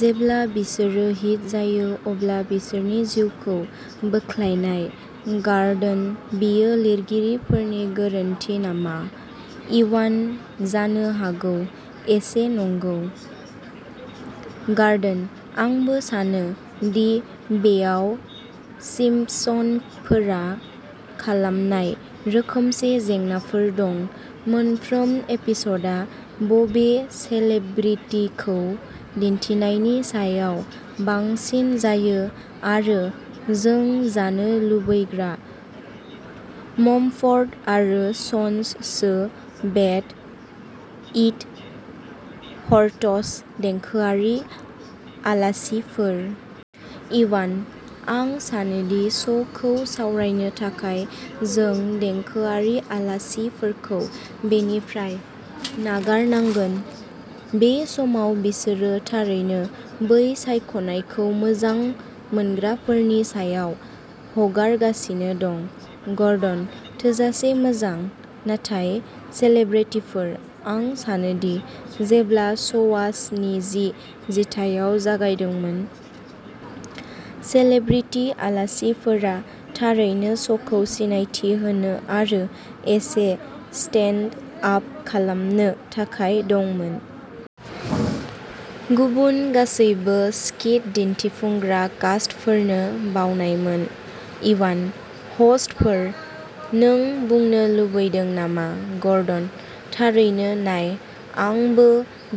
जेब्ला बिसोरो हिट जायो अब्ला बिसोरनि जिउखौ बोख्लायनाय। गर्डनः बेयो लिरगिरिफोरनि गोरोन्थि नामा? इवानः जानो हागौ एसे, नंगौ। गर्डनः आंबो सानो दि बेयाव सिम्पसनफोरा खालामनाय रोखोमसे जेंनाफोर दं। मोनफ्रोम एपिसडआ बबे सेलेब्रिटिखौ दिन्थिनायनि सायाव बांसिन जायो आरो "जों जानो लुबैग्रा मम्फर्ड आरो Sons so bad it hurts देंखोआरि आलासिफोर। इवानः आं सानो दि श'खौ सावरायनो थाखाय जों देंखोआरि आलासिफोरखौ बेनिफ्राय नागारनांगोन। बे समाव बिसोरो थारैनो बै सायख'नायखौ मोजां मोनग्राफोरनि सायाव हगारगासिनो दं। गर्डनः थोजासे मोजां। नाथाय सेलेब्रिटिफोर। आं सानोदि जेब्ला श'आ स्निजि जिथाइयाव जागायदोंमोन, सेलेब्रिटि आलासिफोरा थारैनो श'खौ सिनायथि होनो आरो एसे स्टेन्ड आप खालामनो थाखाय दंमोन। गुबुन गासैबो स्किट दिन्थिफुंग्रा कास्टफोरनो बावनायमोन। इवानः हस्टफोर, नों बुंनो लुबैदों नामा? गर्डनः थारैनो, नाय आंबो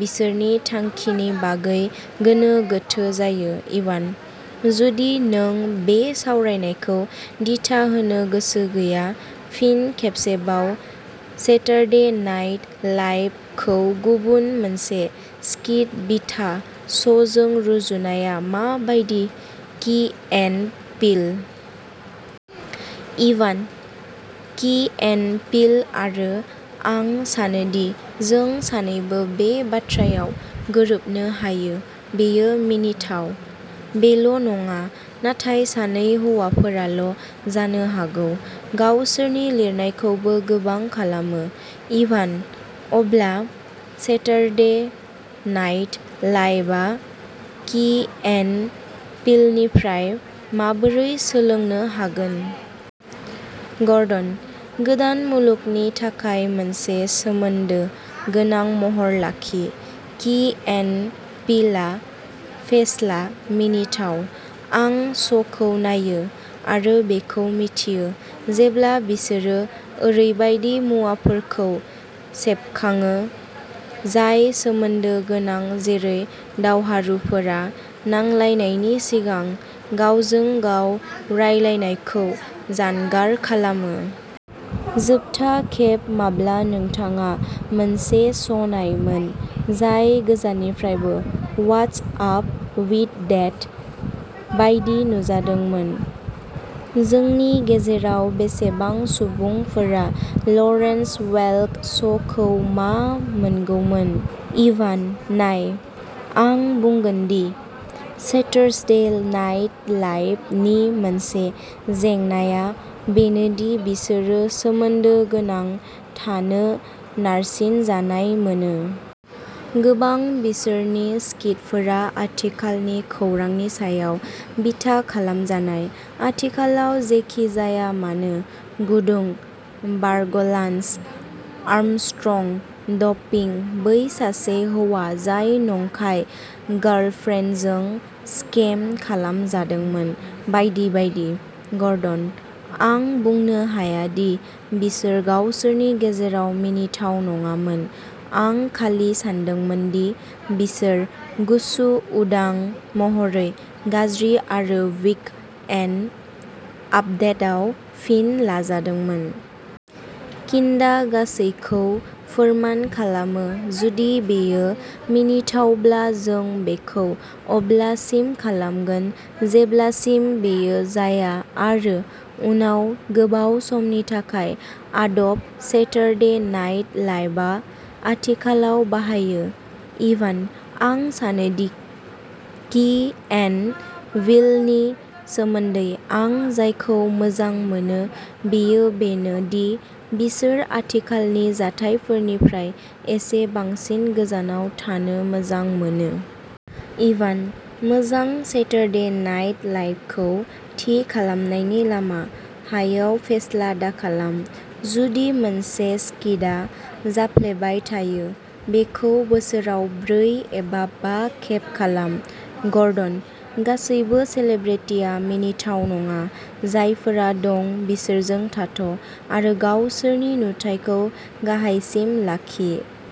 बिसोरनि थांखिनि बागै गोनो गोथो जायो। इवानः जुदि नों बे सावरायनायखौ दिथा होनो गोसो गैया फिन खेबसेबाव, सेटारडे नाइट लाइप खौ गुबुन मोनसे स्किट बिथा श'जों रुजुनाया मा बायदि की एन्ड पील। इभानः की एन्ड पील आरो आं सानोदि जों सानैबो बे बाथ्रायाव गोरोबनो हायो, बेयो मिनिथाव। बेल'नङा, नाथाय सानै हौवाफोराल' जानो हागौ, गावसोरनि लिरनायखौबो गोबां खालामो। इभानः अब्ला सेटारसडे नाइट लाइप आ की एन्ड पीलनिफ्राय माबोरै सोलोंनो हागोन? गर्डनः गोदान मुलुगनि थाखाय मोनसे सोमोन्दो गोनां महर लाखि। की एन्ड पीलआ फेस्ला, मिनिथाव। आं श'खौ नायो आरो बेखौ मिथियो जेब्ला बिसोरो ओरैबायदि मुवाफोरखौ सेबखांयो जाय सोमोन्दो गोनां जेरै दावहारुफोरा नांलायनायनि सिगां गावजों गाव रायलायनायखौ जानगार खालामो। जोबथा खेब माब्ला नोंथाङा मोनसे श'नायमोन जाय गोजाननिफ्रायबो "वाटस आप विद देट" बायदि नुजादोंमोन? जोंनि गेजेराव बेसेबां सुबुंफोरा लरेन्स वेल्क श'खौ मा मोनगौमोन? इभानः नाय, आं बुंगोन दि सेटारसदे नाइट लाइप नि मोनसे जेंनाआ बेनो दि बिसोरो सोमोन्दो गोनां थानो नारसिनजानाय मोनो। गोबां बिसोरनि स्किटफोरा आथिखालनि खौरांनि सायाव बिथा खालामजानाय, आथिखालाव जेखि जाया मानो गुदुं बारग'लान्स आर्मस्ट्रं ड'पिं, बै सासे हौवा जाय नंखाय गार्लफ्रेन्डजों स्केम खालामजादोंमोन, बायदि बायदि। गर्डनः आं बुंनो हाया दि बिसोर गावसोरनि गेजेराव मिनिथाव नङामोन आं खालि सानदोंमोन दि बिसोर गुसु उदां महरै गाज्रि आरो वीक एन्ड आपदेटआव फिन लाजादोंमोन। किन्डा गासैखौ फोरमान खालामो जुदि बेयो मिनिथावब्ला जों बेखौ अब्लासिम खालामगोन जेब्लासिम बेयो जाया आरो उनाव गोबाव समनि थाखाय आदब सेटारडे नाइट लाइपआ आथिखालाव बाहायो। इभानः आं सानोदि की एन्ड पीलनि सोमोन्दै आं जायखौ मोजां मोनो बेयो बेनो दि बिसोर आथिखालनि जाथायफोरनिफ्राय एसे बांसिन गोजानाव थानो मोजां मोनो। इभानः मोजां सेटारडे नाइट लाइपखौ थि खालामनायनि लामा, हायाव फेस्ला दाखालाम। जुदि मोनसे स्किटआ जाफ्लेबाय थायो, बेखौ बोसोराव ब्रै एबा बा खेब खालाम। गर्डनः गासैबो सेलेब्रिटीआ मिनिथाव नङा। जायफोरा दं बिसोरजों थाथ ' आरो गावसोरनि नुथायखौ गाहायसिम लाखि।